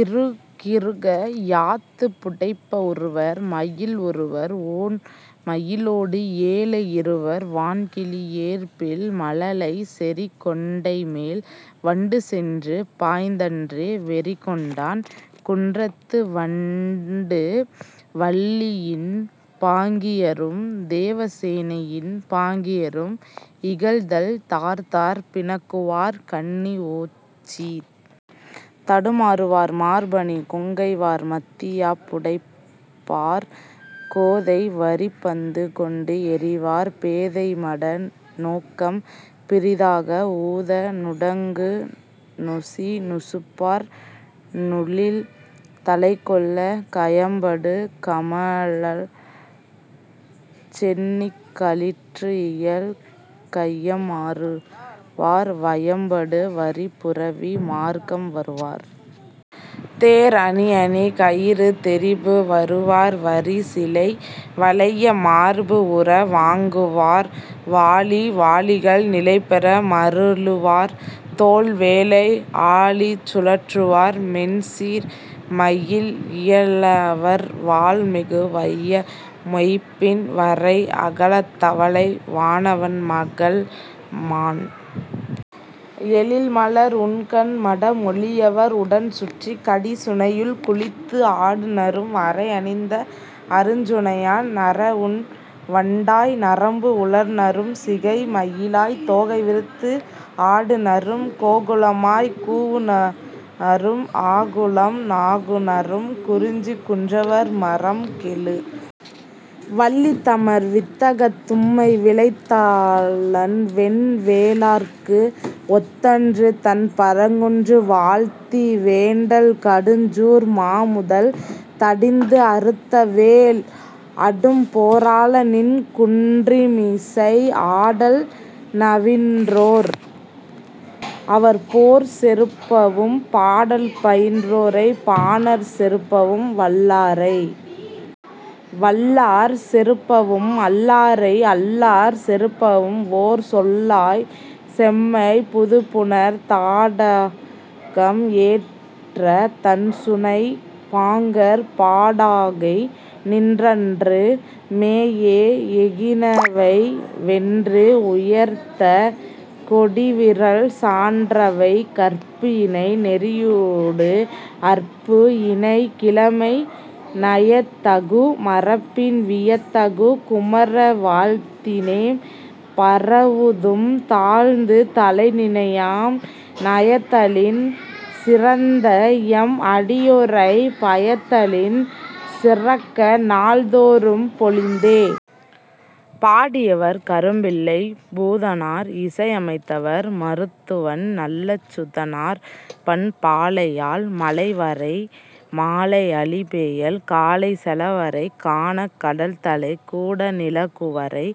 இறுகிறுக யாத்துப் புடைப்ப ஒருவர் மயில் ஒருவர் ஒண் மயிலோடு ஏல இருவர் வான் கிளி ஏற்பில் மழலை செறி கொண்டைமேல் வண்டு சென்று பாய்ந்தன்றே வெறி கொண்டான் குன்றத்து வண்டு. வள்ளியின் பாங்கியரும் தேவசேனையின் பாங்கியரும் இகழ்தல் தார் தார் பிணக்குவார் கண்ணி ஓச்சித் தடுமாறுவார் மார்பு அணி கொங்கை வார் மத்திகையாப் புடைப்பார் கோதை வரிப் பந்து கொண்டு எறிவார் பேதை மட நோக்கம் பிறிதாக ஊத நுடங்கு நொசி நுசுப்பார் நூழில் தலைக்கொள்ள கயம்படு கமழ் சென்னிக் களிற்று இயல் கைம்மாறுவார் வயம்படு பரிப் புரவி மார்க்கம் வருவார் தேர் அணி அணி கயிறு தெரிபு வருவார் வரி சிலை வளைய மார்பு உற வாங்குவார் வாளி வாளிகள் நிலைபெற மறலுவார் தோள் வளை ஆழி சுழற்றுவார் மென் சீர் மயில் இயலவர் வாள் மிகு வய மொய்ம்பின் வரை அகலத்தவனை வானவன் மகள் மாண் எழில் மலர் உண்கண் மட மொழியவர் உடன் சுற்றி கடி சுனையுள் குளித்து ஆடுநரும் அறை அணிந்த அருஞ் சுனையான் நற உண் வண்டாய் நரம்பு உளர்நரும் சிகை மயிலாய்த் தோகை விரித்து ஆடுநரும் கோகுலமாய்க் கூவுநரும் ஆகுலம் ஆகுநரும் குறிஞ்சிக் குன்றவர் மறம் கெழு வள்ளி தமர் வித்தகத் தும்பை விளைத்தலான் வென் வேலாற்கு ஒத்தன்று தண் பரங்குன்று வாழ்த்தி வேண்டல் கடுஞ் சூர் மா முதல் தடிந்து அறுத்த வேல் அடும் போராள நின் குன்றின்மிசை ஆடல் நவின்றோர் அவர் போர் செறுப்பவும் பாடல் பயின்றோரைப் பாணர் செறுப்பவும் வல்லாரை வல்லார் செறுப்பவும் அல்லாரை அல்லார் செறுப்பவும் ஓர் சொல்லாய் செம்மைப் புதுப் புனற் தடாகம் ஏற்ற தண் சுனைப் பாங்கர் படாகை நின்றன்று மேஎ எகினவை வென்று உயர்த்த கொடி விறல் சான்றவை கற்பு இணை நெறியூடு அற்பு இணைக் கிழமை நயத் தகு மரபின் வியத் தகு குமர வாழ்த்தினேம் பரவுதும் தாழ்த்துத் தலை நினை யாம் நயத்தலின் சிறந்த எம் அடியுறை பயத்தலின் சிறக்க நாள்தொறும் பொலிந்தே. பாடியவர் கரும்பிள்ளைப் பூதனார் இசையமைத்தவர் மருத்துவன் நல்லச்சுதனார் பண் பாலையாழ் மலைவரை மாலை அழி பெயல் காலை செல வரை காணாக் கடல்தலைக் கூட நில வரை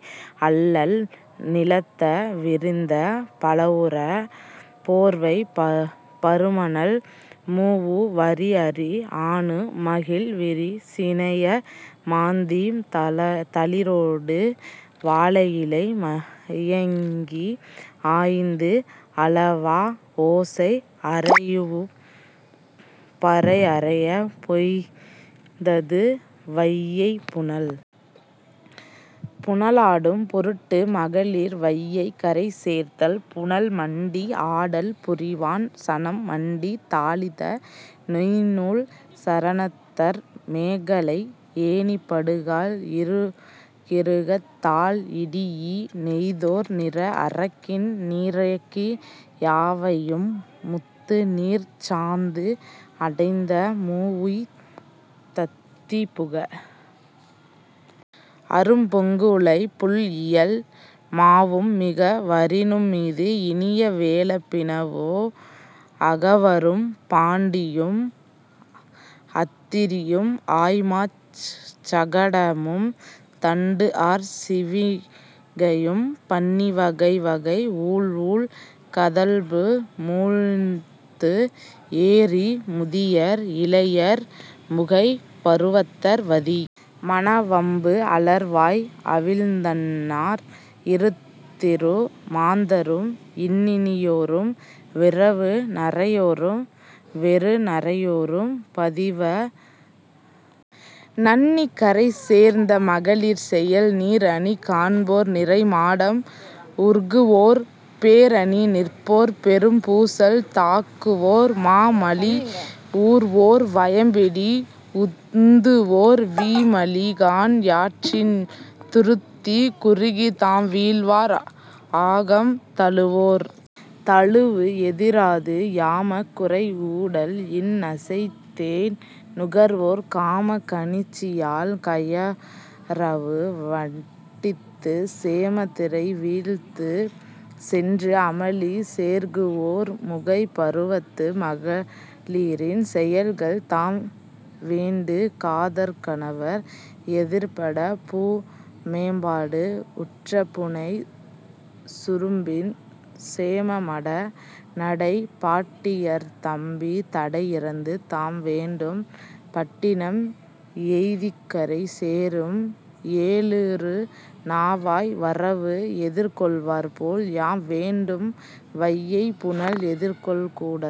அல்லல் நிழத்த, விரிந்த பலவுறு போர்வைப் பரு மணல் மூஉய், வரி அரி ஆணு முகிழ் விரி சினைய மாந் தீம் தளிரொடு வாழையிலை மயக்கி ஆய்ந்து அளவா ஓசை அறையூஉப் பறை அறையப் போந்தது வையைப் புனல். புனலாடும் பொருட்டு மகளிர் வையைக் கரை சேர்தல் புனல் மண்டி ஆடல் புரிவான் சனம் மண்டி தாளித நொய்ந் நூல் சரணத்தர் மேகலை ஏணிப்படுகால் இறுகிறுகத் தாள் இடீஇ நெய்த்தோர் நிற அரக்கின் நீரெக்கி யாவையும் முத்து நீர்ச் சாந்து அடைந்த மூஉய்த் தத்தி புக அரும் பொங்குஉளைப் புள் இயல் மாவும் மிக வரினும் மீது இனிய வேழப் பிணவும் அகவரும் பாண்டியும், அத்திரியும் ஆய் மாச் சகடமும் தண்டு ஆர் சிவிகையும் பண்ணி வகை வகை ஊழ் ஊழ் கதழ்பு மூழ்த்து ஏறி முதியர் இளையர் முகைப் பருவத்தர் வதி மண வம்பு அலர் வாய் அவிழ்ந்தன்னார் இரு திரு மாந்தரும் இன்னினியோரும் விரவு நரையோரும் வெறு நரையோரும் பதிவத மாதர் பரத்தையர் பாங்கர் அதிர் குரல் வித்தகர் ஆக்கிய தாள விதி கூட்டிய இய மென் நடை போல பதி எதிர் சென்று பரூஉக் கரை நண்ணி கரை சேர்ந்த மகளிர் செயல் நீர் அணி காண்போர் நிரை மாடம் ஊர்குவோர் பேர் அணி நிற்போர் பெரும் பூசல் தாக்குவோர் மா மலி ஊர்வோர் வயப் பிடி உந்துவோர் வீ மலி கான் யாற்றின் துருத்தி குறுகி தாம் வீழ்வார் ஆகம் தழுவுவோர் தழுவு எதிராது யாமக் குறை ஊடல் இன் நசைத் தேன் நுகர்வோர் காமக் கணிச்சியால் கையறவு வட்டித்து சேமத் திரை வீழ்த்து சென்று அமளி சேர்குவோர் முகைப் பருவத்து மகளிரின் செயல்கள் தாம் வேண்டு காதற் கணவர் எதிர்ப்பட பூ மேம்பாடு உற்ற புனை சுரும்பின் சேம மட நடைப் பாட்டியர்த் தப்பி தடை இறந்து தாம் வேண்டும் பட்டினம் எய்திக் கரை சேரும் ஏழுறு நாவாய் வரவு எதிர்கொள்வார்போல் யாம் வேண்டும் வையைப் புனல் எதிர்கொள் கூடல்.